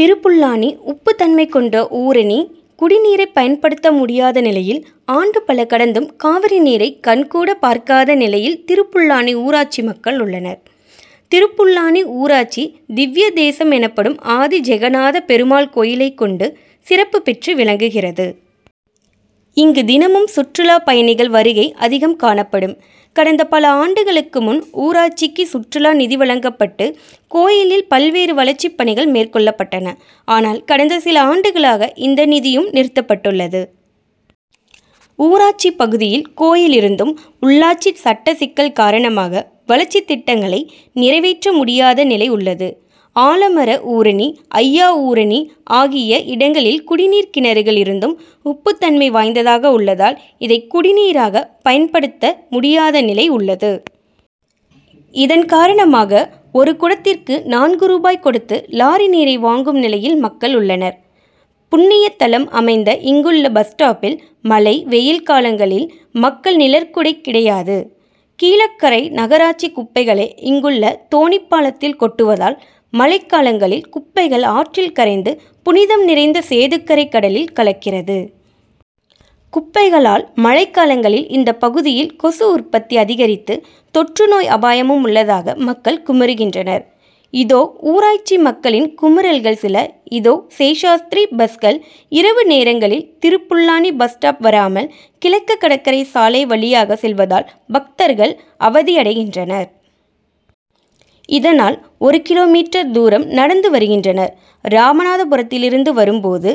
திருப்புல்லாணி உப்பு தன்மை கொண்ட ஊரணி குடி நீரை பயன்ப டுத்த முடி யாத நிலை யில், ஆண்டு பல கடந்தும் காவிரி நீரை கண் கூட பார்க்காத நிலை யில் திருப்புல்லாணி ஊராட்சி மக்கள் உள்ள னர். திருப்புல்லாணி ஊரா டசி திவ்ய தே சம் எனப்ப டும் ஆதி ஜெக நாத பெரு மாள் கோயிலை கொண்டு சிறப்பு பெற்று விளங்கு கி றது. இங்கு தின மும் சுற்றுலா பய ணி கள் வருகை அதி கம் காணப்ப டும். கடந்த பல ஆண்டு க ளுக்கு முன் ஊராட்சிக்கு சுற்றுலா நிதி வழங்கப்பட்டு கோயி லில் பல்வேறு வளர்ச்சி பணி கள் மேற்கொள்ளப் பட்டன. ஆனால் கடந்த சில ஆண்டு களாக இந்த நிதி யும் நிறுத்தப்பட்டுள்ளது. ஊராட்சி பகு தி யில் கோயில் இருந்தும், உள்ளாட்சி சட்ட சிக்கல் கார ண மாக வளர்ச்சி திட்டங்களை நிறை வேற்ற மு டி யாத நிலை உள்ளது. ஆல மர ஊரணி, ஐயா ஊரணி ஆகிய இடங்க ளில் குடி நீர் கிண று கள் இருந்தும் உப்பு தன்மை வாய்ந்தாக உள்ள தால் இதை குடி நீ ராக பயன்ப டுத்த முடி யாத நிலை உள்ளது. இதன் கார ண மாக ஒரு குடத்திற்கு நான்கு ரூபாய் கொடுத்து லாரி நீரை வாங்கும் நிலை யில் மக்கள் உள்ள னர். புண்ணி ய த லம் அமைந்த இங்குள்ள பஸ்ஸ்டாப்பில் மழை, வெயில் காலங்க ளில் மக்கள் நிழற்குடை கிடை யாது. கீழக்கரை நக ராட்சி குப்பை களை இங்குள்ள தோணிப்பா லத்தில் கொட்டு வ தால், மழை காலங்க ளில் குப்பை கள் ஆற்றில் கரைந்து புனி தம் நிறைந்த சேதுக்கரை கட லில் கலக்கி றது. குப்பை களால் மழை காலங்க ளில் இந்த பகு தி யில் கொசு உற்பத்தி அதி க ரித்து தொற்று நோய் அபா ய மும் உள்ள தாக மக்கள் குமு று கின்ற னர். இதோ ஊராட்சி மக்க ளின் குமு றல்கள் சில இதோ சேஷாத்தி ரி பஸ்கள் இரவு நேரங்க ளில் திருப்புல் லாணி பஸ்ஸ்டாப் வரா மல், கிழக்கு கடற்கரை சாலை வழி யாக செல்வ தால் பக்தர்கள் அவ தி ய டை கின்ற னர். இத னால் ஒரூ கி. மீ.,தூரம் நடந்து வரு கின்ற னர். ராம நா த பு ரத்தி லி ருந்து வரும் போது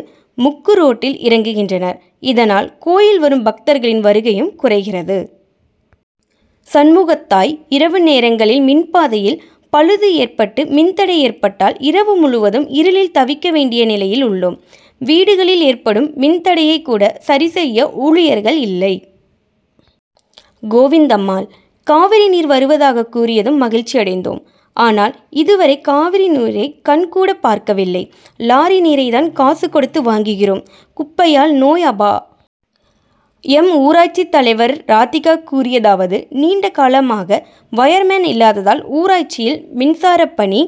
முக்கு ரோட்டில் இறங்கு கின்ற னர். இத னால் கோயில் வரும் பக்தர்க ளின் வரு கை யும் குறை கி றது. சண்மு கத்தாய் இரவு நேரங்க ளில் மின் பாதை யில் பழுது ஏற்பட்டு மின் தடை ஏற்பட்டால் இரவு முழு வ தும் இரு ளில் தவி கக வேண்டிய நிலை யில் உள்ளோம். வீடு க ளில் ஏற்ப டும் மின் தடையை கூட சரி செய்ய ஊழி யர்கள் இல்லை. கோவிந்தம்மாள் காவிரி நீர் வரு வ தாக கூறி ய தும் மகிழ்ச்சி அடைந் தோம். ஆனால் இது வரை காவிரி நீரை கண்கூட பார்க்க வில்லை. லாரி நீரை தான் காசு கொ டுத்து வாங்கு கி றோம். குப்பை யால் நோய் அபா யம் ஊராட்சி தலை வர் ராதிகா கூறி ய தா வது நீண்ட கால மாக வயர்மேன் இல்லா த தால் ஊராட்சி யில் மின்சார பணி